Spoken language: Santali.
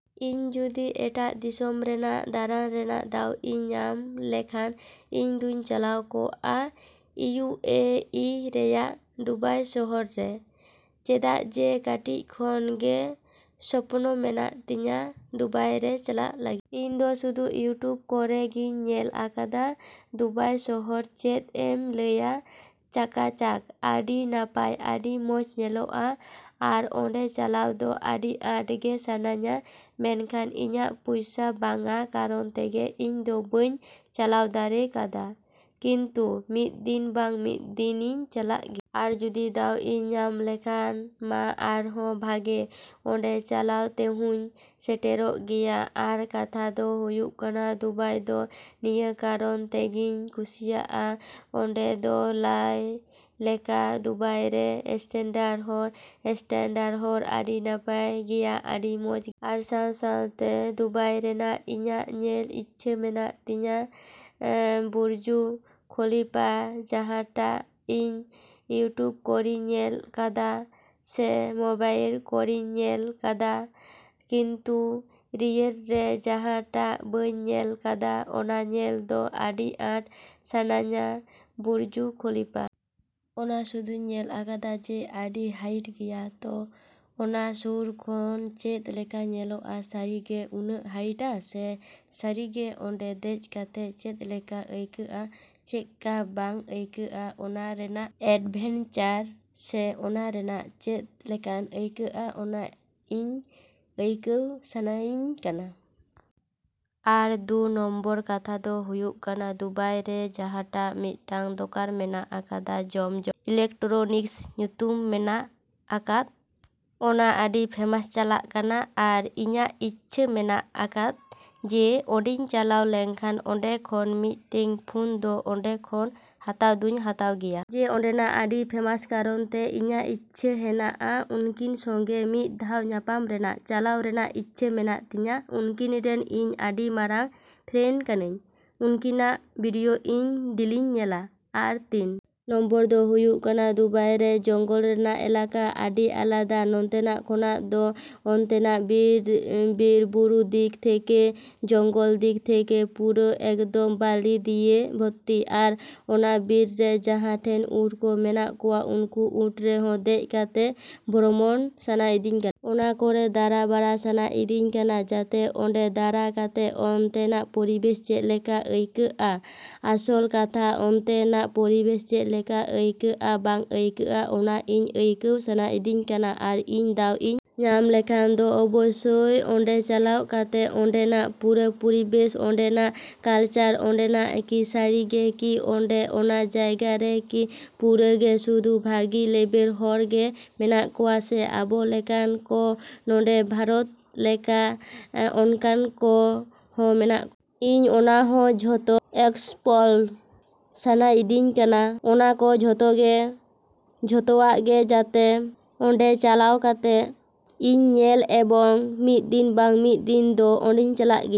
ᱤᱧ ᱡᱩᱫᱤ ᱮᱴᱟᱜ ᱫᱤᱥᱚᱢ ᱨᱮᱭᱟᱜ ᱫᱟᱲᱟᱱ ᱨᱮᱭᱟᱜ ᱫᱟᱣ ᱤᱧ ᱧᱟᱢ ᱞᱮᱠᱷᱟᱱ, ᱤᱧ ᱫᱚᱧ ᱪᱟᱞᱟᱣ ᱠᱚᱜᱼᱟ ᱤᱭᱩ. ᱮ. ᱤ. ᱨᱮᱭᱟᱜ ᱫᱩᱵᱟᱭ ᱥᱚᱦᱚᱨ ᱨᱮ᱾ ᱪᱮᱫᱟᱜ ᱡᱮ ᱠᱟᱹᱴᱤᱡ ᱠᱷᱚᱱ ᱜᱮ ᱥᱚᱯᱱᱚ ᱢᱮᱱᱟᱜ ᱛᱤᱧᱟ ᱫᱩᱵᱟᱭ ᱨᱮ ᱪᱟᱞᱟᱜ ᱞᱟᱹᱜᱤᱫ᱾ ᱤᱧ ᱫᱚ ᱥᱩᱫᱷᱩ ᱤᱭᱩᱴᱩᱵᱽ ᱠᱚᱨᱮ ᱜᱮᱧ ᱧᱮᱞ ᱟᱠᱟᱫᱟ ᱫᱩᱵᱟᱭ ᱥᱚᱦᱚᱨ ᱪᱮᱫ ᱮᱢ ᱞᱟᱹᱭᱟ ᱪᱟᱠᱟᱪᱟᱠ, ᱟᱹᱰᱤ ᱱᱟᱯᱟᱭ, ᱟᱹᱰᱤ ᱢᱚᱡᱽ ᱧᱮᱞᱚᱜᱼᱟ, ᱟᱨ ᱚᱸᱰᱮ ᱪᱟᱞᱟᱣ ᱫᱚ ᱟᱹᱰᱤ ᱟᱸᱴ ᱜᱮ ᱥᱟᱱᱟᱧᱟ᱾ ᱢᱮᱱᱠᱷᱟᱱ ᱤᱧᱟᱜ ᱯᱚᱭᱥᱟ ᱵᱟᱝᱟ ᱠᱟᱨᱚᱱ ᱛᱮᱜᱮ ᱤᱧ ᱫᱚ ᱵᱟᱹᱧ ᱪᱟᱞᱟᱣ ᱫᱟᱲᱮ ᱟᱠᱟᱫᱟ, ᱠᱤᱱᱛᱩ ᱢᱤᱫ ᱫᱤᱱ ᱵᱟᱝ ᱢᱤᱫ ᱫᱤᱱ ᱤᱧ ᱪᱟᱞᱟᱜ ᱜᱮᱭᱟ᱾ ᱟᱨ ᱡᱩᱫᱤ ᱫᱟᱣ ᱤᱧ ᱧᱟᱢ ᱞᱮᱠᱷᱟᱱ ᱢᱟ ᱟᱨᱦᱚᱸ ᱵᱷᱟᱜᱮ᱾ ᱚᱸᱰᱮ ᱪᱟᱞᱟᱣ ᱛᱮᱦᱩᱧ ᱥᱮᱴᱮᱨᱚᱜ ᱜᱮᱭᱟ᱾ ᱟᱨ ᱠᱟᱛᱷᱟ ᱫᱚ ᱦᱩᱭᱩᱜ ᱠᱟᱱᱟ ᱫᱩᱵᱟᱭ ᱫᱚ ᱱᱤᱭᱟᱹ ᱠᱟᱨᱚᱱ ᱛᱮᱜᱮᱧ ᱠᱩᱥᱤᱭᱟᱜᱼᱟ, ᱚᱱᱮ ᱫᱚ ᱞᱟᱹᱭ ᱞᱮᱠᱟ ᱫᱩᱵᱟᱭ ᱨᱮ ᱥᱴᱟᱱᱰᱟᱨᱰ ᱦᱚᱲ ᱥᱴᱟᱱᱰᱟᱨᱰ ᱟᱹᱰᱤ ᱱᱟᱯᱟᱭ ᱜᱮᱭᱟ, ᱟᱹᱰᱤ ᱢᱚᱡᱽ ᱜᱮᱭᱟ᱾ ᱟᱨ ᱥᱟᱶ ᱥᱟᱶᱛᱮ ᱫᱩᱵᱟᱭ ᱨᱮᱭᱟᱜ ᱤᱧᱟᱜ ᱧᱮᱞ ᱤᱪᱪᱷᱟ ᱢᱮᱱᱟᱜ ᱛᱤᱧᱟ ᱵᱩᱨᱡᱽ ᱠᱷᱚᱞᱤᱯᱷᱟ, ᱡᱟᱦᱟᱸᱴᱟᱜ ᱤᱧ ᱤᱭᱩᱴᱩᱵᱽ ᱠᱚᱨᱮᱧ ᱧᱮᱞ ᱟᱠᱟᱫᱟ ᱥᱮ ᱢᱚᱵᱟᱭᱤᱞ ᱠᱚᱨᱮᱧ ᱧᱮᱞ ᱟᱠᱟᱫᱟ, ᱠᱤᱱᱛᱩ ᱨᱤᱭᱮᱞ ᱨᱮ ᱡᱟᱦᱟᱸᱴᱟᱜ ᱵᱟᱹᱧ ᱧᱮᱞ ᱟᱠᱟᱫ, ᱚᱱᱟ ᱧᱮᱞ ᱫᱚ ᱟᱹᱰᱤ ᱟᱸᱴ ᱥᱟᱱᱟᱧᱟ ᱵᱩᱨᱡᱽ ᱠᱷᱚᱞᱤᱯᱷᱟ᱾ ᱚᱱᱟ ᱥᱩᱫᱩᱧ ᱧᱮᱞ ᱟᱠᱟᱫᱟ ᱡᱮ ᱟᱹᱰᱤ ᱦᱟᱭᱤᱴ ᱜᱮᱭᱟ, ᱛᱚ ᱚᱱᱟ ᱥᱩᱨ ᱠᱷᱚᱱ ᱪᱮᱫ ᱞᱮᱠᱟ ᱧᱮᱞᱚᱜᱼᱟ, ᱥᱟᱹᱨᱤ ᱜᱮ ᱩᱱᱟᱹᱜ ᱦᱟᱭᱤᱴᱼᱟ ᱥᱮ ᱥᱟᱹᱨᱤ ᱜᱮ ᱚᱸᱰᱮ ᱫᱮᱡ ᱠᱟᱛᱮᱫ ᱪᱮᱫ ᱞᱮᱠᱟ ᱟᱹᱭᱠᱟᱹᱜᱼᱟ, ᱪᱮᱫ ᱠᱟ ᱵᱟᱝ ᱟᱹᱭᱠᱟᱹᱜᱼᱟ, ᱚᱱᱟ ᱨᱮᱭᱟᱜ ᱮᱰᱵᱷᱮᱧᱪᱟᱨ ᱥᱮ ᱚᱱᱟ ᱨᱮᱭᱟᱜ ᱪᱮᱫ ᱞᱮᱠᱟ ᱟᱹᱭᱠᱟᱹᱜᱼᱟ ᱚᱱᱟ ᱤᱧ ᱟᱹᱭᱠᱟᱹᱣ ᱥᱟᱱᱟᱭᱤᱫᱤᱧ ᱠᱟᱱᱟ᱾ ᱟᱨ ᱫᱩ ᱱᱚᱢᱵᱚᱨ ᱠᱟᱛᱷᱟ ᱫᱚ ᱦᱩᱭᱩᱜ ᱠᱟᱱᱟ ᱫᱩᱵᱟᱭ ᱨᱮ ᱡᱟᱦᱟᱸᱴᱟᱜ ᱢᱤᱫᱴᱟᱹᱝ ᱫᱚᱠᱟᱱ ᱢᱮᱱᱟᱜ ᱟᱠᱟᱫᱟ ᱡᱚᱢ ᱡᱚᱢ ᱤᱞᱮᱠᱴᱨᱚᱱᱤᱠᱥ ᱧᱩᱛᱩᱢ ᱢᱮᱱᱟᱜ ᱟᱠᱟᱫ, ᱚᱱᱟ ᱟᱹᱰᱤ ᱯᱷᱮᱢᱟᱥ ᱪᱟᱞᱟᱣ ᱟᱠᱟᱱᱟ ᱟᱨ ᱤᱧᱟᱜ ᱤᱪᱪᱷᱟ ᱢᱮᱱᱟᱜ ᱟᱠᱟᱫᱟ ᱡᱮ ᱚᱸᱰᱮᱧ ᱪᱟᱞᱟᱣ ᱞᱮᱱᱠᱷᱟᱱ ᱚᱸᱰᱮ ᱠᱷᱚᱱ ᱢᱤᱫᱴᱟᱹᱡ ᱯᱷᱳᱱ ᱫᱚ ᱚᱸᱰᱮ ᱠᱷᱚᱱ ᱦᱟᱛᱟᱣ ᱫᱚᱧ ᱦᱟᱛᱟᱣ ᱜᱮᱭᱟ᱾ ᱡᱮ ᱚᱸᱰᱮᱱᱟᱜ ᱟᱹᱰᱤ ᱯᱷᱮᱢᱟᱥ ᱠᱟᱨᱚᱱᱛᱮ, ᱤᱧᱟᱜ ᱤᱪᱪᱷᱟᱹ ᱦᱮᱱᱟᱜᱼᱟ ᱩᱱᱠᱤᱱ ᱥᱚᱸᱜᱮ ᱢᱤᱫ ᱫᱷᱟᱣ ᱧᱟᱯᱟᱢ ᱨᱮᱭᱟᱜ, ᱪᱟᱞᱟᱣ ᱨᱮᱭᱟᱜ ᱤᱪᱪᱷᱟᱹ ᱢᱮᱱᱟᱜ ᱛᱤᱧᱟ, ᱩᱱᱠᱤᱱ ᱨᱤᱱ ᱤᱧ ᱟᱹᱰᱤ ᱢᱟᱨᱟᱝ ᱯᱷᱮᱱ ᱠᱟᱹᱱᱟᱹᱧ᱾ ᱩᱱᱠᱤᱱᱟᱜ ᱵᱷᱤᱰᱭᱳ ᱤᱧ ᱫᱤᱞᱤᱧ ᱧᱮᱞᱟ᱾ ᱟᱨ ᱛᱤᱱ ᱱᱚᱢᱵᱚᱨ ᱫᱚ ᱦᱩᱭᱩᱜ ᱠᱟᱱᱟ ᱫᱩᱵᱟᱭ ᱨᱮ ᱡᱚᱝᱜᱚᱞ ᱨᱮᱭᱟᱜ ᱮᱞᱟᱠᱟ ᱟᱹᱰᱤ ᱟᱞᱟᱫᱟ ᱱᱚᱛᱮᱱᱟᱜ ᱠᱷᱚᱱᱟᱜ ᱫᱚ, ᱚᱱᱛᱮᱱᱟᱜ ᱵᱤᱨ ᱵᱩᱨᱩ ᱫᱤᱠ ᱛᱷᱮᱠᱮ, ᱡᱚᱝᱜᱚᱞ ᱫᱤᱠ ᱛᱷᱮᱠᱮ ᱯᱩᱨᱟᱹ ᱮᱠᱫᱚᱢ ᱵᱟᱞᱤ ᱫᱤᱭᱮ ᱵᱷᱚᱨᱛᱤ, ᱟᱨ ᱚᱱᱟ ᱵᱤᱨ ᱨᱮ ᱡᱟᱦᱟᱸ ᱴᱷᱮᱱ ᱩᱸᱴ ᱠᱚ ᱢᱮᱱᱟᱜ ᱠᱚᱣᱟ ᱩᱱᱠᱩ ᱩᱸᱴ ᱨᱮᱦᱚᱸ ᱫᱮᱡ ᱠᱟᱛᱮᱫ ᱵᱷᱨᱚᱢᱚᱱ ᱥᱟᱱᱟᱭᱤᱫᱤᱧ ᱠᱟᱱᱟ᱾ ᱚᱱᱟ ᱠᱚᱨᱮ ᱫᱟᱲᱟ ᱵᱟᱲᱟ ᱥᱟᱱᱟᱭᱤᱫᱤᱧ ᱠᱟᱱᱟ᱾ ᱡᱟᱛᱮ ᱚᱸᱰᱮ ᱫᱟᱲᱟ ᱠᱟᱛᱮᱜ ᱚᱱᱛᱮᱱᱟᱜ ᱯᱚᱨᱤᱵᱮᱥ ᱪᱮᱫ ᱞᱮᱠᱟ ᱟᱹᱭᱠᱟᱹᱜᱼᱟ, ᱟᱥᱚᱞ ᱠᱟᱛᱷᱟ ᱚᱱᱛᱮᱱᱟᱜ ᱯᱚᱨᱤᱵᱮᱥ ᱪᱮᱫ ᱞᱮᱠᱟ ᱟᱹᱭᱠᱟᱹᱜᱼᱟ ᱵᱟᱝ ᱟᱹᱭᱠᱟᱹᱜᱼᱟ, ᱚᱱᱟ ᱤᱧ ᱟᱹᱭᱠᱟᱹᱣ ᱥᱟᱱᱟᱭᱤᱫᱤᱧ ᱠᱟᱱᱟ, ᱟᱨ ᱤᱧ ᱫᱟᱣ ᱤᱧ ᱧᱟᱢ ᱞᱮᱠᱷᱟᱱ ᱫᱚ ᱚᱵᱚᱥᱥᱚᱭ ᱚᱸᱰᱮ ᱪᱟᱞᱟᱣ ᱠᱟᱛᱮᱫ ᱚᱸᱰᱮᱱᱟᱜ ᱯᱩᱨᱟᱹ ᱯᱚᱨᱤᱵᱮᱥ, ᱚᱸᱰᱮᱱᱟᱜ ᱠᱟᱞᱪᱟᱨ, ᱚᱸᱰᱮᱱᱟᱜ ᱠᱤ ᱥᱟᱹᱨᱤ ᱜᱮ ᱠᱤ ᱚᱸᱰᱮ ᱚᱱᱟ ᱡᱟᱭᱜᱟ ᱨᱮ ᱠᱤ ᱯᱩᱨᱟᱹ ᱜᱮ ᱥᱩᱫᱩ ᱵᱷᱟᱹᱜᱤ ᱞᱮᱵᱮᱞ ᱦᱚᱲ ᱜᱮ ᱢᱮᱱᱟᱜ ᱠᱚᱣᱟ, ᱥᱮ ᱟᱵᱚ ᱞᱮᱠᱟᱱ ᱠᱚ ᱱᱚᱰᱮ ᱵᱷᱟᱨᱚᱛ ᱞᱮᱠᱟ ᱚᱱᱠᱟᱱ ᱠᱚ ᱦᱚᱸ ᱢᱮᱱᱟᱜ᱾ ᱤᱧ ᱚᱱᱟ ᱦᱚᱸ ᱡᱷᱚᱛᱚ ᱮᱠᱥᱯᱞᱳᱨ ᱥᱟᱱᱟᱭᱤᱫᱤᱧ ᱠᱟᱱᱟ, ᱚᱱᱟ ᱠᱚ ᱡᱷᱚᱛᱚ ᱜᱮ ᱡᱷᱚᱛᱚᱣᱟᱜ ᱜᱮ ᱡᱟᱛᱮ ᱚᱸᱰᱮ ᱪᱟᱞᱟᱣ ᱠᱟᱛᱮᱫ ᱤᱧ ᱧᱮᱞ ᱮᱵᱚᱝ ᱢᱤᱫ ᱫᱤᱱ ᱵᱟᱝ ᱢᱤᱫ ᱫᱤᱱ ᱫᱚ ᱚᱸᱰᱮᱧ ᱪᱟᱞᱟᱜ ᱜᱮᱭᱟ᱾।